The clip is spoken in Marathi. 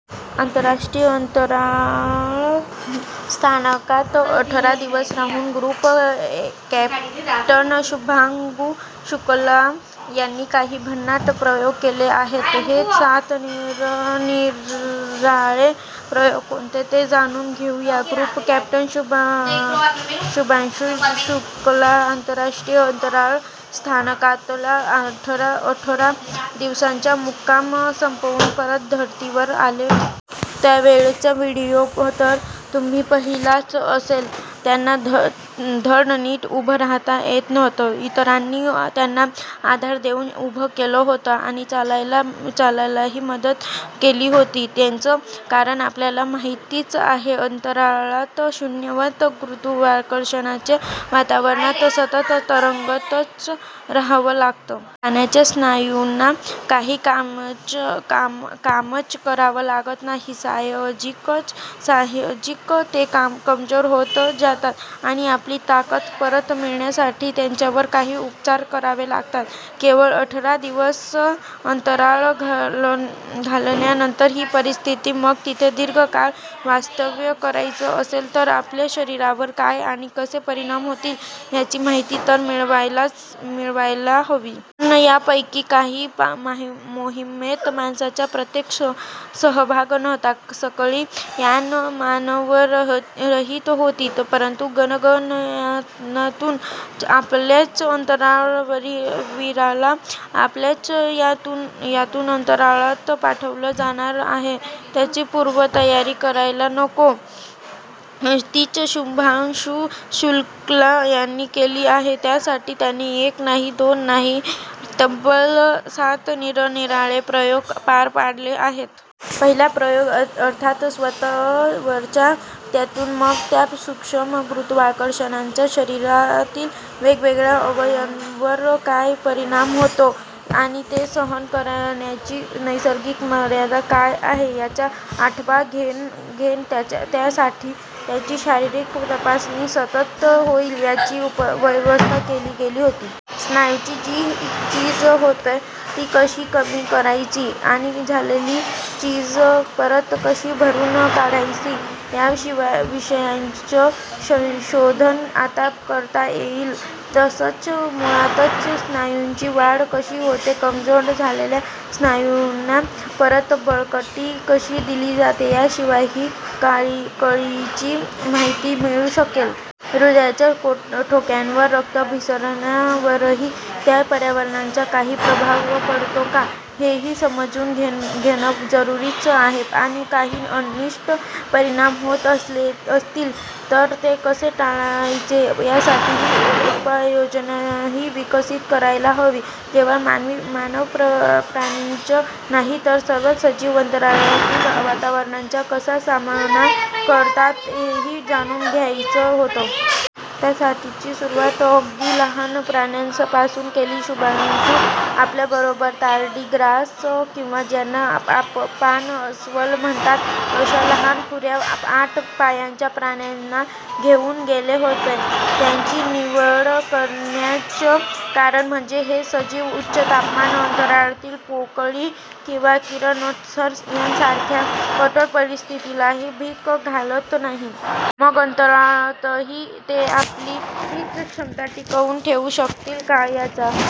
आंतरराष्ट्रीय अंतराळ स्थानकात अठरा दिवस राहून ग्रुप कॅप्टन शुभांकु शुक्ला यांनी काही भन्नाट प्रयोग केले आहेत. हे सात निरनिराळे प्रयोग कोणते, ते जाणून घेऊ या. Group captain शुभां Shubhanshu Shukla. आंतरराष्ट्रीय अंतराळ स्थानकातला आठरा अठरा दिवसांचा मुक्काम संपवून परत धरतीवर आले. त्यावेळचा व्हिडिओ तर तुम्ही पहिलाच असेल. त्यांना ध धड नीट उभं राहता येत नव्हतं. इतरांनी त्यांना आधार देऊन उभं केलं होतं आणि चालायला चालायलाही मदत केली होती. त्याचं कारण आपल्याला माहितीच आहे. अंतराळात शून्यवत गुरुत्वाकर्षणाच्या वातावरणात सतत तरंगतच राहावं लागतं. पायांच्या स्नायूंना काही कामच कामच करावं लागत नाही. साहजिकच ते कमजोर होत जातात आणि आपली ताकद परत मिळण्यासाठी त्यांच्यावर काही उपचार करावे लागतात. केवळ अठरा दिवस अंतराळ घालवल्यानंतर ही परिस्थिती. मग तिथं दीर्घ काळ वास्तव्य करायचं असेल तर आपल्या शरीरावर काय आणि कसे परिणाम होतील, याची माहिती तर मिळवायला हवी. पण यांपैकी काही एकाही मोहिमेत माणसाचा प्रत्यक्ष सहभाग नव्हता. सगळी यानं मानवरहित होती, परंतु गनगनयानातून आपल्याच अंतराळवीराला आपल्याच यातुन यानातून अंतराळात पाठवलं जाणार आहे. त्याची पूर्वतयारी करायला नको? तीच शुभांशु शुक्ला यांनी केली आहे. त्यासाठी त्यांनी एक नाही, दोन नाही, तब्बल सात निरनिराळे प्रयोग पार पाडले आहेत. पहिला प्रयोग अर्थात स्वतःवरचा. त्यातून मग त्या सूक्ष्म गुरुत्वाकर्षणाचा शरीरातील वेगवेगळ्या अवयवांवर काय परिणाम होतो आणि ते सहन करण्याची नैसर्गिक मर्यादा काय आहे, याचा आठवा घेण घेणं त्यासाठी त्यांची शारीरिक तपासणी सतत होईल याची उप व्यवस्था केली गेली होती. स्नायूंची जी झीज होते, ती कशी कमी करायची आणि झालेली झीज परत कशी भरून काढायची याशिवाय संशोधन आता करता येईल. तसंच मुळातच स्नायूंची वाढ कशी होते, कमजोर झालेल्या स्नायूंना परत बळकटी कशी दिली जाते याशिवाय कळीची माहिती मिळू शकेल. हृदयाच्या ठोक्यांवर, रक्ताभिसरणावरही, त्या पर्यावरणाचा काही प्रभाव पडतो का, हेही समजून घेणं जरुरीचं आहे आणि काही अनिष्ट परिणाम होत असतील तर ते कसे टाळायचे यासाठीची उपाययोजनाही विकसित करायला हवी. केवळ मानवप्राणीच नाही तर सर्वच सजीव, अंतराळातील वातावरणाचा कसा सामना करतात, हेही जाणून घ्यायचं होतं. त्यासाठीची सुरुवात अगदी लहान प्राण्यांपासून केली. शुभांशु आपल्याबरोबर तारडीग्रास, किंवा ज्यांना पाणअस्वल म्हणतात, अशा लहानखुऱ्या आठ पायांच्या प्राण्यांना घेऊन गेले होते. त्यांची निवड करण्याचं कारण म्हणजे हे सजीव उच्च तापमान, अंतराळातील पोकळी किंवा किरणोत्सर्ग यांसारख्या कठोर परिस्थितीलाही भीक घालत नाहीत. मग अंतराळातही ते आपली हीच क्षमता टिकवून ठेवू शकतील का, याचा